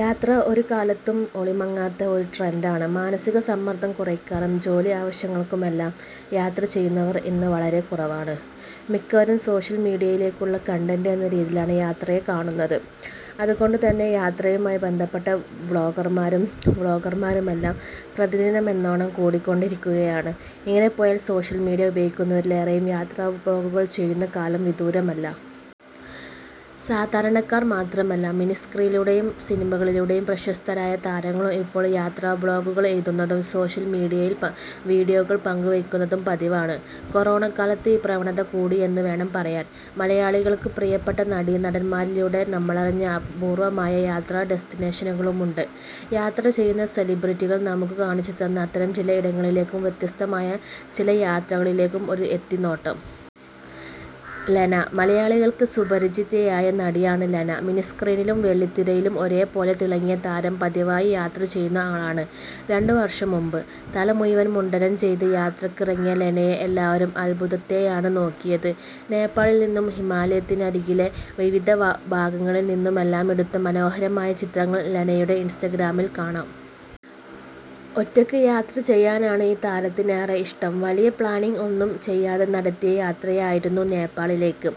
യാത്ര ഒരു കാലത്തും ഒളിമങ്ങാത്ത ഒരു ട്രെന്‍ഡാണ്. മാനസിക സമ്മര്‍ദ്ദം കുറയ്ക്കാനും ജോലി ആവശ്യങ്ങൾക്കു മെല്ലാം യാത്ര ചെയ്യുന്നവർ ഇന്ന് വളരെക്കുറവാണ്. മിക്കവരും സോഷ്യല്‍ മീഡിയയിലിലേക്കുള്ള കണ്ടന്റ് എന്ന രീതിയിലാണ് യാത്രയെ കാണുന്നത്. അതുകൊണ്ടുതന്നെ യാത്രയുമായി ബന്ധപ്പെട്ട ബ്ലോഗർമാരും വ്ലോഗർമാരുമെല്ലാം പ്രതിദിനമെന്നോണം കൂടിക്കൊണ്ടിരിക്കുകയാണ്. ഇങ്ങനെ പോയാല്‍ സോഷ്യല്‍ മീഡിയ ഉപയോഗിക്കുന്നവരിലേറെയും യാത്രാബ്ലോഗുകൾ ചെയ്യുന്ന കാലം വിദൂരമല്ല. സാധാരണക്കാര്‍ മാത്രമല്ല, മിനിസ്ക്രീനിലൂടെയും സിനിമകളിലൂടെയും പ്രശസ്തരായ താരങ്ങളും ഇപ്പോള്‍ യാത്രാബ്ലോഗുകൾ എഴുതുന്നതും സോഷ്യല്‍ മീഡിയയിൽ വീഡിയോകള്‍ പങ്കുവയ്ക്കുന്നതും പതിവാണ്. കൊറോണക്കാലത്ത് ഈ പ്രവണത കൂടി എന്നുവേണം പറയാന്‍. മലയാളികള്‍ക്ക് പ്രിയപ്പെട്ട നടീനടന്മാരിലൂടെ നമ്മളറിഞ്ഞ അപൂര്‍വമായ യാത്രാ ഡെസ്റ്റിനേഷനുകളുമുണ്ട്. യാത്ര ചെയ്യുന്ന സെലിബ്രിറ്റികൾ നമുക്കു കാണിച്ചുതന്ന അത്തരം ചില ഇടങ്ങളിലേക്കും വ്യത്യസ്തമായ ചില യാത്രകളിലേക്കും ഒരു എത്തിനോട്ടം. ലെന മലയാളികള്‍ക്ക് സുപരിചിതയായ നടിയാണ് ലെന. മിനിസ്ക്രീനിലും വെള്ളിത്തിരയിലും ഒരേപോലെ തിളങ്ങിയ താരം പതിവായി യാത്ര ചെയ്യുന്ന ആളാണ്. രണ്ടു വര്‍ഷം മുമ്പ്, തല മുഴുവന്‍ മുണ്ഡനം ചെയ്ത് യാത്രയ്ക്കിറങ്ങിയ ലെനയെ എല്ലാവരും അദ്ഭുതത്തെയാണ് നോക്കിയത്. നേപ്പാളില്‍ നിന്നും ഹിമാലയത്തിനരികിലെ വിവിധ ഭാഗങ്ങളില്‍ നിന്നുമെല്ലാമെടുത്ത മനോഹരമായ ചിത്രങ്ങള്‍ ലെനയുടെ ഇന്സ്റ്റഗ്രാമിൽ കാണാം. ഒറ്റയ്ക്ക് യാത്ര ചെയ്യാനാണ് ഈ താരത്തിനേറെ ഇഷ്ടം. വലിയ പ്ലാനിങ് ഒന്നും ചെയ്യാതെ നടത്തിയ യാത്രയായിരുന്നു നേപ്പാളിലേക്ക്.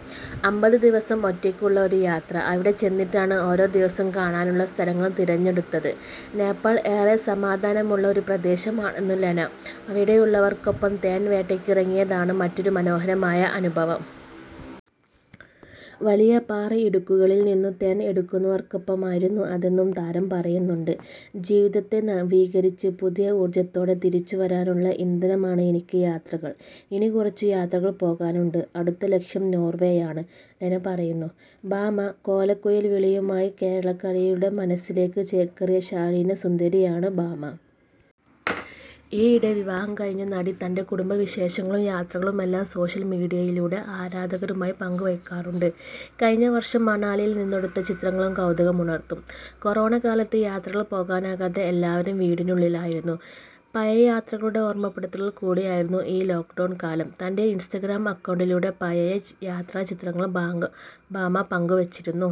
അമ്പത് ദിവസം ഒറ്റയ്ക്കുള്ള ഒരു യാത്ര. അവിടെ ചെന്നിട്ടാണ് ഓരോ ദിവസവും കാണാനുള്ള സ്ഥലങ്ങൾ തിരഞ്ഞെടുത്തത്. നേപ്പാൾ ഏറെ സമാധാനമുള്ള ഒരു പ്രദേശമാണെന്നു ലെന. അവിടുള്ളവർക്കൊപ്പം തേൻ വേട്ടയ്ക്കിറങ്ങിയതാണ് മറ്റൊരു മനോഹരമായ അനുഭവം. വലിയ പാറയിടുക്കുകളിൽ നിന്നു തേൻ എടുക്കുന്നവർക്കൊപ്പമായിരുന്നു അതെന്നും താരം പറയുന്നുണ്ട്. ' ജീവിതത്തെ നവീകരിച്ച് പുതിയ ഊർജത്തോടെ തിരിച്ചുവരാനുള്ള ഇന്ധനമാണ് എനിക്ക് യാത്രകൾ. ഇനി കുറച്ചു യാത്രകൾ പോകാനുണ്ട്. അടുത്ത ലക്ഷ്യം നോർവേയാണ് ' ലെന പറയുന്നു. ഭാമ കോലക്കുഴൽവിളിയുമായി കേരളക്കരയുടെ മനസ്സിലേക്കു ചേക്കേറിയ ശാലീനസുന്ദരിയാണ് ഭാമ. ഈയിടെ വിവാഹം കഴിഞ്ഞ നടി തന്‍റെ കുടുംബവിശേഷങ്ങളും യാത്രകളുമെല്ലാം സോഷ്യല്‍ മീഡിയയിലൂടെ ആരാധകരുമായി പങ്കുവയ്ക്കാറുണ്ട്. കഴിഞ്ഞ വര്‍ഷം മണാലിയിൽ നിന്നെടുത്ത ചിത്രങ്ങളും കൗതുകമുണർത്തൂം. കൊറോണക്കാലത്ത് യാത്രകൾ പോകാനാകാതെ എല്ലാവരും വീടിനുള്ളിലായിരുന്നു. പഴയ യാത്രകളുടെ ഓർമപ്പെടുത്തലുകൾ കൂടിയായിരുന്നു ഈ ലോക്ഡൗൺകാലം. തന്‍റെ ഇന്സ്റ്റഗ്രാം അക്കൗണ്ടിലൂടെ പഴയ യാത്രാചിത്രങ്ങൾ ഭാമ പങ്കു വച്ചിരുന്നു.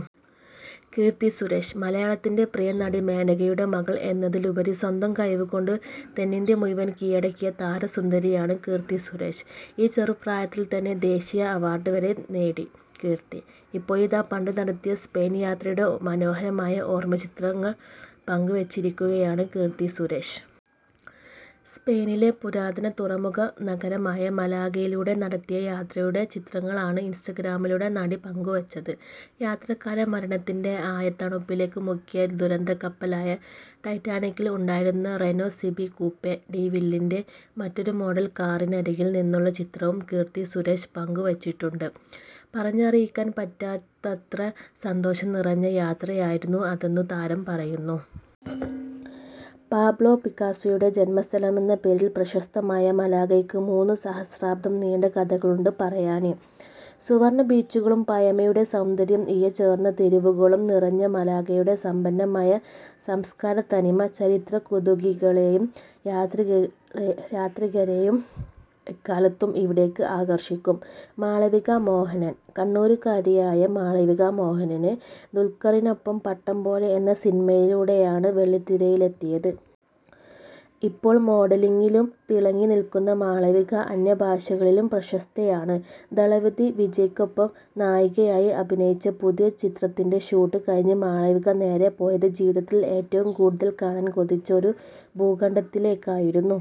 കീര്‍ത്തി സുരേഷ് മലയാളത്തിന്‍റെ പ്രിയനടി മേനകയുടെ മകള്‍ എന്നതിലുപരി സ്വന്തം കഴിവുകൊണ്ട് തെന്നിന്ത്യ മുഴുവന്‍ കീഴടക്കിയ താരസുന്ദരിയാണ് കീര്‍ത്തി സുരേഷ്. ഈ ചെറുപ്രായത്തിൽത്തന്നെ ദേശീയ അവാര്‍ഡ് വരെ നേടി കീര്‍ത്തി. ഇപ്പോഴിതാ പണ്ട് നടത്തിയ സ്പെയിന് യാത്രയുടെ മനോഹരമായ ഓര്‍മ ചിത്രങ്ങള്‍ പങ്കുവച്ചിരിക്കുകയാണ് കീര്‍ത്തി സുരേഷ്. സ്പെയിനിലെ പുരാതന തുറമുഖ നഗരമായ മലാഗയിലൂടെ നടത്തിയ യാത്രയുടെ ചിത്രങ്ങളാണ് ഇന്സ്റ്റഗ്രാമിലൂടെ നടി പങ്കുവച്ചത്. യാത്രക്കാരെ മരണത്തിന്‍റെ ആഴത്തണുപ്പിലേക്കു മുക്കിയ ദുരന്തക്കപ്പലായ ടൈറ്റാനിക്കിൽ ഉണ്ടായിരുന്ന റെനോ സിബി കൂപ്പേ ഡി വില്ലിന്‍റെ മറ്റൊരു മോഡൽ കാറിനരികിൽ നിന്നുള്ള ചിത്രവും കീർത്തി സുരേഷ് പങ്കുവച്ചിട്ടുണ്ട്. പറഞ്ഞറിയിക്കൻ പറ്റാത്തത്ര സന്തോഷം നിറഞ്ഞ യാത്രയായിരുന്നു അതെന്നു താരം പറയുന്നു. പാബ്ലോ പിക്കാസോയുടെ ജന്മസ്ഥലമെന്ന പേരില്‍ പ്രശസ്തമായ മലാഗയ്ക്ക് മൂന്നു സഹസ്രാബ്ദം നീണ്ട കഥകളുണ്ട് പറയാന്. സുവര്‍ണ്ണ ബീച്ചുകളും പഴമയുടെ സൗന്ദര്യം ഇഴ ചേര്‍ന്ന തെരുവുകളും നിറഞ്ഞ മലാഗയുടെ സമ്പന്നമായ സംസ്കാരത്തനിമ ചരിത്രകുതുകികളെയും യാത്രികരെയും എക്കാലത്തും ഇവിടേക്ക് ആകര്‍ഷിക്കും. മാളവിക മോഹനൻ കണ്ണൂരുകാരിയായ മാളവിക മോഹനന്, ദുൽക്കറിനൊപ്പം ' പട്ടം പോലെ ' എന്ന സിനിമയിലൂടെയാണ് വെള്ളിത്തിരയിലെത്തിയത്. ഇപ്പോള്‍ മോഡലിങ്ങിലും തിളങ്ങി നില്‍ക്കുന്ന മാളവിക അന്യഭാഷകളിലും പ്രശസ്തയാണ്. ദളപതി വിജയ്ക്കൊപ്പം നായികയായി അഭിനയിച്ച പുതിയ ചിത്രത്തിന്‍റെ ഷൂട്ട് കഴിഞ്ഞ് മാളവിക നേരേ പോയത് ജീവിതത്തില്‍ ഏറ്റവും കൂടുതല്‍ കാണാന്‍ കൊതിച്ച ഒരു ഭൂഖണ്ഡത്തിലേക്കായിരുന്നു.